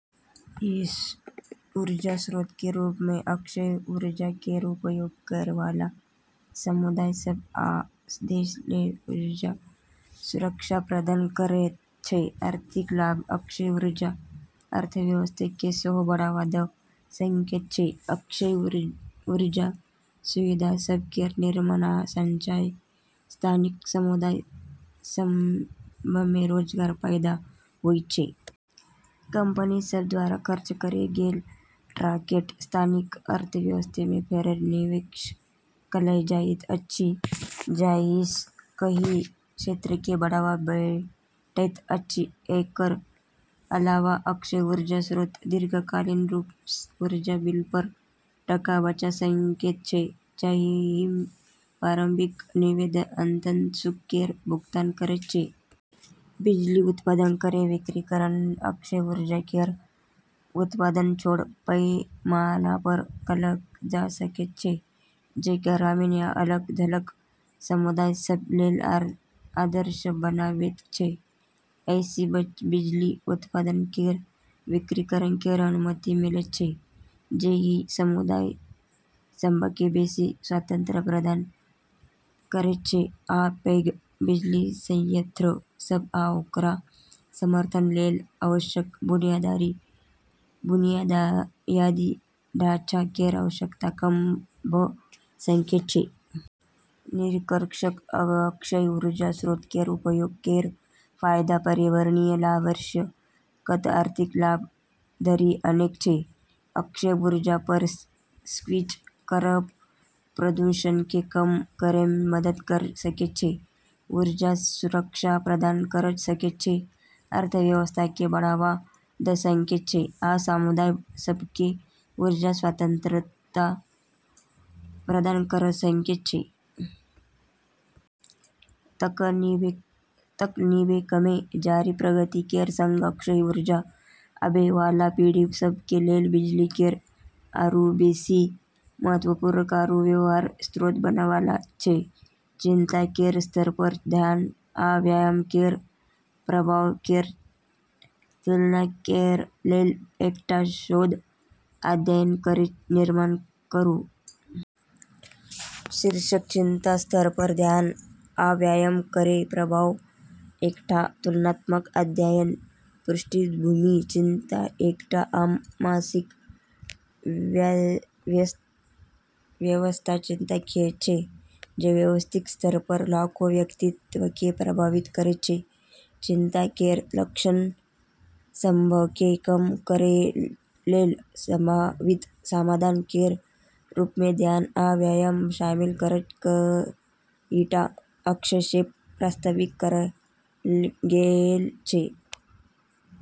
ई ऊर्जा स्रोत केर रूपमे अक्षय ऊर्जा केर उपयोग करैवाला समुदाय सभ आ देश सभ लेल ऊर्जा सुरक्षा प्रदान करैत छै। आर्थिक लाभ: अक्षय ऊर्जा अर्थव्यवस्थाकेँ सेहो बढ़ावा दऽ सकैत छै। अक्षय ऊर्जा सुविधा सभ केर निर्माण आ संचालनसँ स्थानीय समुदाय सभमे रोजगार पैदा होइत छै। कंपनी सभ द्वारा खर्च कएल गेल टकाकेँ स्थानीय अर्थव्यवस्थामे फेरसँ निवेश कएल जाइत अछि, जाहिसँ एहि क्षेत्रकेँ बढ़ावा भेटैत अछि। एकर अलावा, अक्षय ऊर्जा स्रोत दीर्घकालिक रूपसँ ऊर्जा बिलपर टका बचा सकैत छै, जाहिमे प्रारंभिक निवेश अंततः खुद केर भुगतान करैत छै। बिजली उत्पादन केर विकेंद्रीकरण: अक्षय ऊर्जा केर उत्पादन छोट पैमानापर कएल जा सकैत छै, जे ग्रामीण या अलग-थलग समुदाय सभ लेल आदर्श बनाबैत छै। एहिसँ बिजली उत्पादन केर विकेंद्रीकरण केर अनुमति मिलैत छै, जे ई समुदाय सभकेँ बेसी स्वतंत्रता प्रदान करैत छै आ पैघ बिजली संयंत्र सभ आ ओकरा समर्थन लेल आवश्यक बुनियादी ढाँचा केर आवश्यकता कम भऽ सकैत छै। निष्कर्षतः: अक्षय ऊर्जा स्रोत केर उपयोग केर फायदा पर्यावरणीय लाभसँ लऽ कऽ आर्थिक लाभ धरि अनेक छै। अक्षय ऊर्जापर स्विच करब प्रदूषणकेँ कम करैमे मदद कऽ सकैत छै, ऊर्जा सुरक्षा प्रदान कऽ सकैत छै, अर्थव्यवस्थाकेँ बढ़ावा दऽ सकैत छै, आ समुदाय सभकेँ ऊर्जा स्वतंत्रता प्रदान कऽ सकैत छै। तकनीकमे जारी प्रगति केर संग अक्षय ऊर्जा आबैवाला पीढ़ी सभ लेल बिजली केर आरू बेसी महत्वपूर्ण आरू व्यवहार्य स्रोत बनैवाला छै। चिंता केर स्तरपर ध्यान आ व्यायाम केर प्रभाव केर तुलना करै लेल एकटा शोध अध्ययन केर निर्माण करू। शीर्षक: चिंता स्तरपर ध्यान आ व्यायाम केर प्रभाव: एकटा तुलनात्मक अध्ययन। पृष्ठभूमि: चिंता एकटा आम मानसिक स्वास्थ्य चिंता छै जे वैश्विक स्तरपर लाखो व्यक्तियककेँ प्रभावित करैत छै। चिंता केर लक्षण सभकेँ कम करै लेल संभावित समाधान केर रूपमे ध्यान आ व्यायाम शामिल कऽ कईटा हस्तक्षेप प्रस्तावित कएल गेल छै।